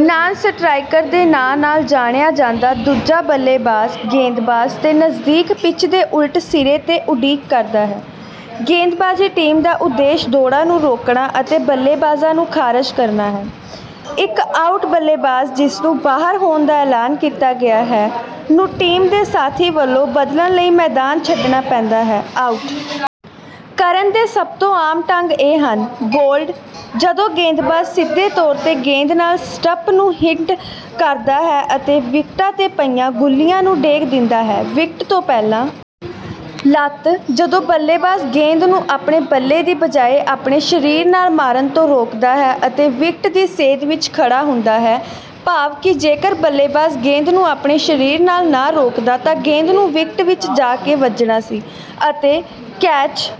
Non-striker ਦੇ ਨਾਂ ਨਾਲ ਜਾਣਿਆ ਜਾਂਦਾ ਦੂਜਾ ਬੱਲੇਬਾਜ਼, ਗੇਂਦਬਾਜ਼ ਦੇ ਨਜ਼ਦੀਕ ਪਿੱਚ ਦੇ ਉਲਟ ਸਿਰੇ ’ਤੇ ਉਡੀਕ ਕਰਦਾ ਹੈ। ਗੇਂਦਬਾਜ਼ੀ ਟੀਮ ਦਾ ਉਦੇਸ਼ ਦੌੜਾਂ ਨੂੰ ਰੋਕਣਾ ਅਤੇ ਬੱਲੇਬਾਜ਼ਾਂ ਨੂੰ ਖਾਰਜ ਕਰਨਾ ਹੈ। ਇੱਕ ਆਊਟ ਬੱਲੇਬਾਜ਼, ਜਿਸਨੂੰ “ਬਾਹਰ” ਹੋਣ ਦਾ ਐਲਾਨ ਕੀਤਾ ਗਿਆ ਹੈ, ਨੂੰ ਟੀਮ ਦੇ ਸਾਥੀ ਵੱਲੋਂ ਬਦਲਣ ਲਈ ਮੈਦਾਨ ਛੱਡਣਾ ਪੈਂਦਾ ਹੈ। ਆਊਟ ਕਰਨ ਦੇ ਸਭ ਤੋਂ ਆਮ ਢੰਗ ਇਹ ਹਨ: ਬੋਲਡ, ਜਦੋਂ ਗੇਂਦਬਾਜ਼ ਸਿੱਧੇ ਤੌਰ ’ਤੇ ਗੇਂਦ ਨਾਲ ਸਟੰਪ ਨੂੰ ਹਿੱਟ ਕਰਦਾ ਹੈ ਅਤੇ ਵਿਕਟਾਂ ’ਤੇ ਪਈਆਂ ਗੁੱਲੀਆਂ ਨੂੰ ਡੇਗ ਦਿੰਦਾ ਹੈ; ਵਿਕਟ ਤੋਂ ਪਹਿਲਾਂ ਲੱਤ, ਜਦੋਂ ਬੱਲੇਬਾਜ਼ ਗੇਂਦ ਨੂੰ ਆਪਣੇ ਬੱਲੇ ਦੀ ਬਜਾਏ ਆਪਣੇ ਸਰੀਰ ਨਾਲ ਮਾਰਨ ਤੋਂ ਰੋਕਦਾ ਹੈ ਅਤੇ ਵਿਕਟ ਦੀ ਸੇਧ ਵਿੱਚ ਖੜ੍ਹਾ ਹੁੰਦਾ ਹੈ, ਭਾਵ ਕਿ ਜੇਕਰ ਬੱਲੇਬਾਜ਼ ਗੇਂਦ ਨੂੰ ਆਪਣੇ ਸਰੀਰ ਨਾਲ ਨਾ ਰੋਕਦਾ ਤਾਂ ਗੇਂਦ ਨੇ ਵਿਕਟ ਵਿੱਚ ਜਾ ਵੱਜਣਾ ਸੀ; ਅਤੇ ਕੈਚ,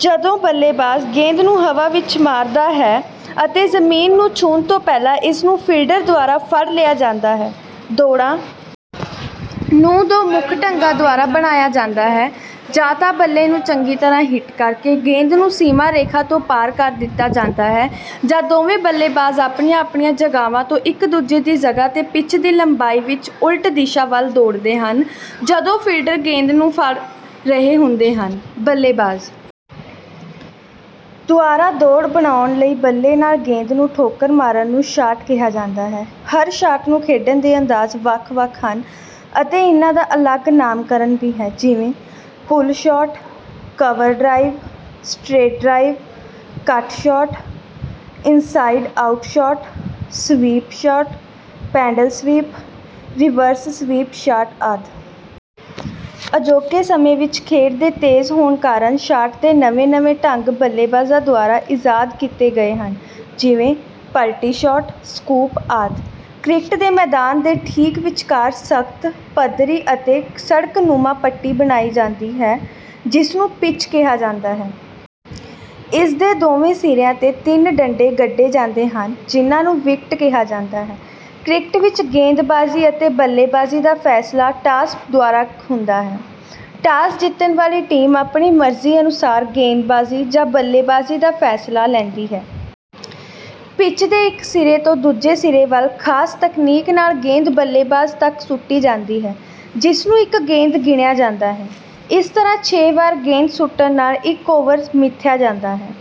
ਜਦੋਂ ਬੱਲੇਬਾਜ਼ ਗੇਂਦ ਨੂੰ ਹਵਾ ਵਿੱਚ ਮਾਰਦਾ ਹੈ ਅਤੇ ਜ਼ਮੀਨ ਨੂੰ ਛੂਹਣ ਤੋਂ ਪਹਿਲਾਂ ਇਸ ਨੂੰ ਫੀਲਡਰ ਦੁਆਰਾ ਫੜ ਲਿਆ ਜਾਂਦਾ ਹੈ। ਦੌੜਾਂ ਨੂੰ ਦੋ ਮੁੱਖ ਢੰਗਾਂ ਦੁਆਰਾ ਬਣਾਇਆ ਜਾਂਦਾ ਹੈ। ਜਾਂ ਤਾਂ ਬੱਲੇ ਨੂੰ ਚੰਗੀ ਤਰ੍ਹਾਂ ਹਿੱਟ ਕਰਕੇ ਗੇਂਦ ਨੂੰ ਸੀਮਾ-ਰੇਖਾ ਤੋਂ ਪਾਰ ਕਰ ਦਿੱਤਾ ਜਾਂਦਾ ਹੈ, ਜਾਂ ਦੋਵੇਂ ਬੱਲੇਬਾਜ਼ ਆਪਣੀਆਂ-ਆਪਣੀਆਂ ਜਗ੍ਹਾਵਾਂ ਤੋਂ ਇੱਕ-ਦੂਜੇ ਦੀ ਜਗ੍ਹਾ ’ਤੇ ਪਿੱਚ ਦੀ ਲੰਬਾਈ ਵਿੱਚ ਉਲਟ ਦਿਸ਼ਾ ਵੱਲ ਦੌੜਦੇ ਹਨ, ਜਦੋਂ ਫੀਲਡਰ ਗੇਂਦ ਨੂੰ ਫੜ ਰਹੇ ਹੁੰਦੇ ਹਨ। ਬੱਲੇਬਾਜ਼ ਦੁਆਰਾ ਦੌੜ ਬਣਾਉਣ ਲਈ ਬੱਲੇ ਨਾਲ ਗੇਂਦ ਨੂੰ ਠੋਕਰ ਮਾਰਨ ਨੂੰ ਸ਼ਾਟ ਕਿਹਾ ਜਾਂਦਾ ਹੈ। ਹਰ ਸ਼ਾਟ ਨੂੰ ਖੇਡਣ ਦੇ ਅੰਦਾਜ਼ ਵੱਖ-ਵੱਖ ਹਨ ਅਤੇ ਇਨ੍ਹਾਂ ਦਾ ਅਲੱਗ ਨਾਮਕਰਨ ਵੀ ਹੈ, ਜਿਵੇਂ—ਪੁੱਲ shot, cover drive, straight drive, cut shot, inside out shot, sweep shot, paddle sweep, reverse sweep shot ਆਦਿ। ਅਜੋਕੇ ਸਮੇਂ ਵਿੱਚ ਖੇਡ ਦੇ ਤੇਜ਼ ਹੋਣ ਕਾਰਨ ਸ਼ਾਟ ਦੇ ਨਵੇਂ-ਨਵੇਂ ਢੰਗ ਬੱਲੇਬਾਜ਼ਾਂ ਦੁਆਰਾ ਇਜਾਦ ਕੀਤੇ ਗਏ ਹਨ, ਜਿਵੇਂ—ਪਲਟੀ ਸ਼ਾਟ, ਸਕੂਪ ਆਦਿ। ਕ੍ਰਿਕਟ ਦੇ ਮੈਦਾਨ ਦੇ ਠੀਕ ਵਿਚਕਾਰ ਸਖ਼ਤ, ਪੱਧਰੀ ਅਤੇ ਸੜਕ-ਨੁਮਾ ਪੱਟੀ ਬਣਾਈ ਜਾਂਦੀ ਹੈ, ਜਿਸਨੂੰ ਪਿੱਚ ਕਿਹਾ ਜਾਂਦਾ ਹੈ। ਇਸ ਦੇ ਦੋਵੇਂ ਸਿਰਿਆਂ ’ਤੇ ਤਿੰਨ ਡੰਡੇ ਗੱਡੇ ਜਾਂਦੇ ਹਨ, ਜਿਨ੍ਹਾਂ ਨੂੰ ਵਿਕਟ ਕਿਹਾ ਜਾਂਦਾ ਹੈ। ਕ੍ਰਿਕਟ ਵਿੱਚ ਗੇਂਦਬਾਜ਼ੀ ਅਤੇ ਬੱਲੇਬਾਜ਼ੀ ਦਾ ਫ਼ੈਸਲਾ ਟਾਸ ਦੁਆਰਾ ਹੁੰਦਾ ਹੈ। ਟਾਸ ਜਿੱਤਣ ਵਾਲੀ ਟੀਮ ਆਪਣੀ ਮਰਜ਼ੀ ਅਨੁਸਾਰ ਗੇਂਦਬਾਜ਼ੀ ਜਾਂ ਬੱਲੇਬਾਜ਼ੀ ਦਾ ਫ਼ੈਸਲਾ ਲੈਂਦੀ ਹੈ। ਪਿੱਚ ਦੇ ਇੱਕ ਸਿਰੇ ਤੋਂ ਦੂਜੇ ਸਿਰੇ ਵੱਲ ਖ਼ਾਸ ਤਕਨੀਕ ਨਾਲ ਗੇਂਦ ਬੱਲੇਬਾਜ਼ ਤੱਕ ਸੁੱਟੀ ਜਾਂਦੀ ਹੈ, ਜਿਸਨੂੰ ਇੱਕ ਗੇਂਦ ਗਿਣਿਆ ਜਾਂਦਾ ਹੈ। ਇਸ ਤਰ੍ਹਾਂ ਛੇ ਵਾਰ ਗੇਂਦ ਸੁੱਟਣ ਨਾਲ ਇੱਕ ਓਵਰ ਮਿਥਿਆ ਜਾਂਦਾ ਹੈ।